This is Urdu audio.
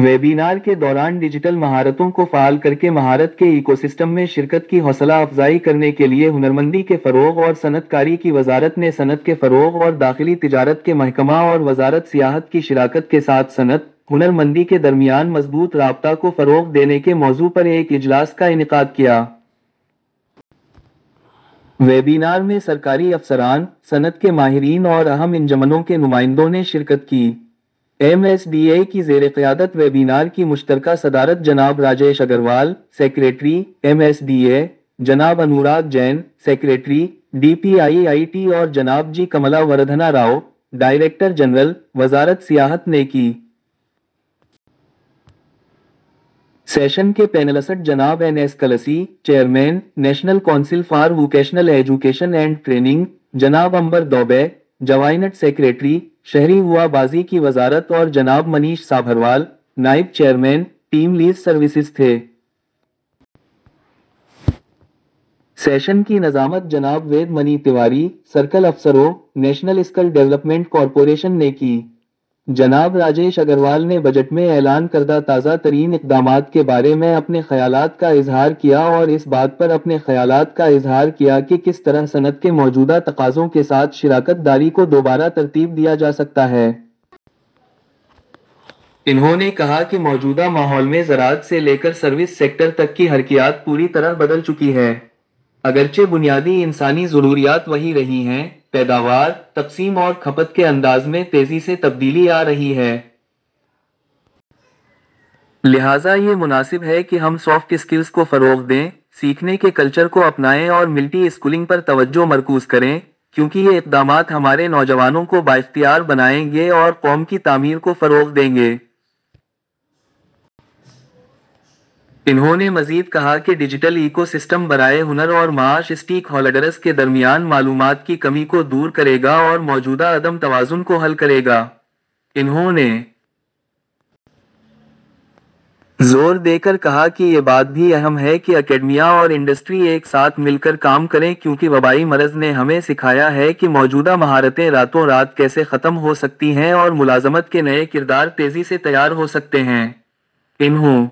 ویبینار کے دوران ڈیجیٹل مہارتوں کو فعال کرکے مہارت کے ایکوسسٹم میں شرکت کی حوصلہ افزائی کرنے کے لیے ہنرمندی کے فروغ اور صنعت کاری کی وزارت نے صنعت کے فروغ اور داخلی تجارت کے محکمہ اور وزارت سیاحت کی شراکت کے ساتھ صنعت-ہنر مندی کے درمیان مضبوط رابطہ کو فروغ دینے کے موضوع پر ایک اجلاس کا انعقاد کیا۔ ویبینار میں سرکاری افسران، صنعت کے ماہرین اور اہم انجمنوں کے نمائندوں نے شرکت کی۔ ایم ایس ڈی ای کی زیرقیادت ویبینار کی مشترکہ صدارت جناب Rajesh Agarwal, secretary, M S D E, جناب Anurag Jain, secretary, D P I I T اور جناب G Kamala Vardhana Rao, director general, وزارت سیاحت نے کی۔ سیشن کے پینلسٹ جناب N S Kalsi, chairman, national council for vocational education and training, جناب امبر دوبے، جوائنٹ سکریٹری، شہری ہوا بازی کی وزارت اور جناب منیش سابھروال، نائب چیئرمین، ٹیم لیز سروسز تھے۔ سیشن کی نظامت جناب Ved Mani Tiwari, C O O, national skill development corporation نے کی۔ جناب راجیش اگروال نے بجٹ میں اعلان کردہ تازہ ترین اقدامات کے بارے میں اپنے خیالات کا اظہار کیا اور اس بات پر اپنے خیالات کا اظہار کیا کہ کس طرح صنعت کے موجودہ تقاضوں کے ساتھ شراکت داری کو دوبارہ ترتیب دیا جا سکتا ہے۔ انہوں نے کہا کہ موجودہ ماحول میں زراعت سے لے کر سروس سیکٹر تک کی حرکیات پوری طرح بدل چکی ہے۔ اگرچہ بنیادی انسانی ضروریات وہی رہی ہیں، پیداوار، تقسیم اور کھپت کے انداز میں تیزی سے تبدیلی آ رہی ہے۔ لہذا یہ مناسب ہے کہ ہم سافٹ اسکلز کو فروغ دیں، سیکھنے کے کلچر کو اپنائیں اور ملٹی اسکلنگ پر توجہ مرکوز کریں، کیونکہ یہ اقدامات ہمارے نوجوانوں کو بااختیار بنائیں گے اور قوم کی تعمیر کو فروغ دیں گے۔ انہوں نے مزید کہا کہ ڈیجیٹل ایکو سسٹم برائے ہنر اور معاش اسٹیک ہولڈرز کے درمیان معلومات کی کمی کو دور کرے گا اور موجودہ عدم توازن کو حل کرے گا۔ انہوں نے زور دے کر کہا کہ یہ بات بھی اہم ہے کہ اکیڈمیا اور انڈسٹری ایک ساتھ مل کر کام کریں کیونکہ وبائی مرض نے ہمیں سکھایا ہے کہ موجودہ مہارتیں راتوں رات کیسے ختم ہو سکتی ہیں اور ملازمت کے نئے کردار تیزی سے تیار ہو سکتے ہیں۔ انہوں